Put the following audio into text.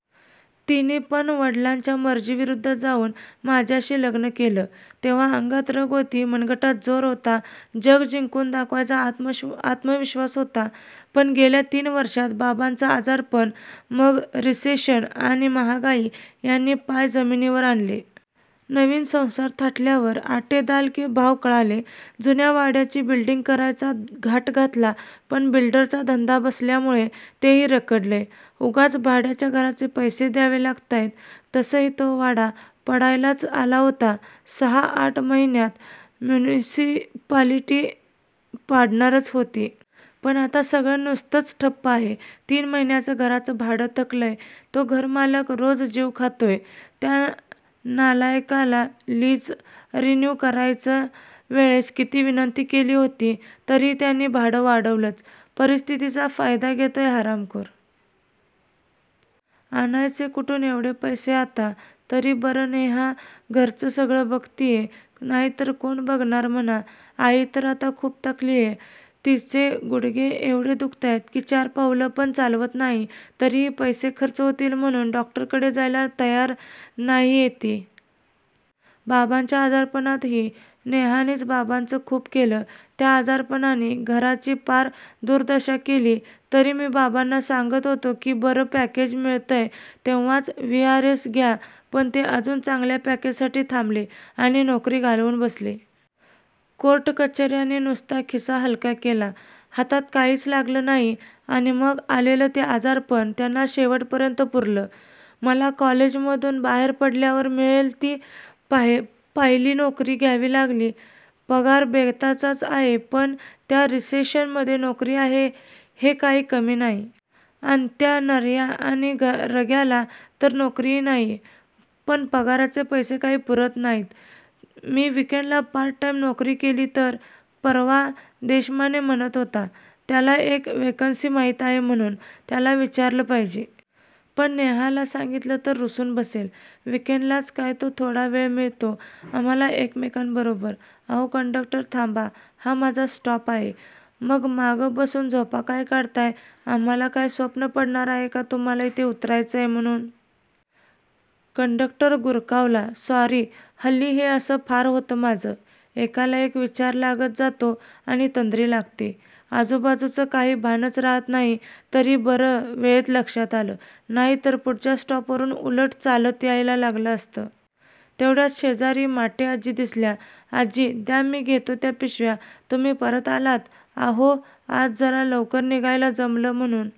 " तिनीपण वडिलांच्या मर्जी विरुद्ध जाऊन माझ्याशी लग्न केलं. तेव्हा अंगात रग होती, मनगटात जोर होता, जग जिंकून दाखवायचा आत्मविश्वास होता. पण गेल्या तीन वर्षात बाबांचं आजारपण, मग रिसेशन आणि महागाई ह्यांनी पाय जमीनीवर आणले. नवीन संसार थाटल्यावर 'आटे दाल के भाव' कळाले. जुन्या वाड्याची बिल्डींग करायचा घाट घातला पण बिल्डरचा धंदा बसल्यामुळे तेही रखडलयं. उगाच भाड्याच्या घराचे पैसे द्यावे लागतायत. तसही तो वाडा पडायलाच आला होता. सहा आठ महियात म्युनिसिपालिटी पाडणारच होती. पण आता सगळं नुसतच ठप्प आहे. तीन महिन्याचं घराचं भाडं थकलयं. तो घरमालक रोज जीव खातोय. त्या नालायकाला लीज रिन्यु करायच्या वेळेस किती विनंती केली होती. तरीही त्यानी भाडं वाढवलच. परिस्थितिचा फायदा घेतोय हरामखोर. आणायचे कुठून एवढे पैसे आता? तरी बरं नेहा घरचं सगळं बघतीये. नाहीतर कोण बघणार म्हणा? आई तर आता खूप थकलीये. तिचे गुढघे एवढे दुखतात कि चार पावलं पण चालवत नाही. तरीही पैसे खर्च होतील म्हणून डॉक्टरकडे जायला तयार नाहीये ती. बाबांच्या आजारपणातही नेहानीच बाबांचं खूप केलं. त्या आजारपणानी घराची पार दुर्दशा केली. तरी मी बाबांना सांगत होतो कि बरं पॅकेज मिळतय तेव्हाच व्हि आर एस घ्या. पण ते अजून चांगल्या पॅकेजसाठी थांबले आणि नोकरी घालवून बसले. कोर्ट कचेर्यांनी नुसता खिसा हलका केला. हातात काहिच लागलं नाही. आणि मग आलेलं ते आजारपण त्यांना शेवटपर्यंत पुरलं. मला कॉलेजमधून बाहेर पडल्यावर मिळेल ती पहिली नोकरी घ्यावी लागली. पगार बेताचाच आहे पण ह्या रिसेशन मधे नोकरी आहे हे काही कमी नाही. अंत्या, नर्या आणि रघ्याला तर नोकरीही नाहिये. पण पगाराचे पैसे काही पुरत नाहीत. मी विकेंडला पार्ट टाईम नोकरी केली तर? परवा देशमाने म्हणत होता त्याला एक व्हेकन्सी माहिती आहे म्हणून. त्याला विचारलं पाहिजे. पण नेहाला सांगितलं तर रुसून बसेल. विकेंडलाच काय तो थोडा वेळ मिळतो आम्हाला एकमेकांबरोबर. "अहो कंडक्टर, थांबा.. हा माझा स्टॉप आहे. ""मग माग बसून झोपा काय काढताय? आम्हाला काय स्वप्न पडणार आहे का तुम्हाला इथे उतरायचय म्हणून? " कंडक्टर गुरकावला. "सॉरी"हल्ली हे असं फार होतं माझं. एकाला एक विचार लागत जातो आणि तंद्री लागते. आजुबाजुचं काही भानच रहात नाही. तरी बरं वेळेत लक्षात आलं. नाहीतर पुढच्या स्टॉपवरून उलटं चालत यायला लागलं असतं. तेवढ्यात शेजारी माटे आजी दिसल्या.. "आजी, द्या मी घेतो त्या पिशव्या. ""तुम्ही?.. परत आलात? ""अहो आज जरा लवकर निघायला जमलं म्हणून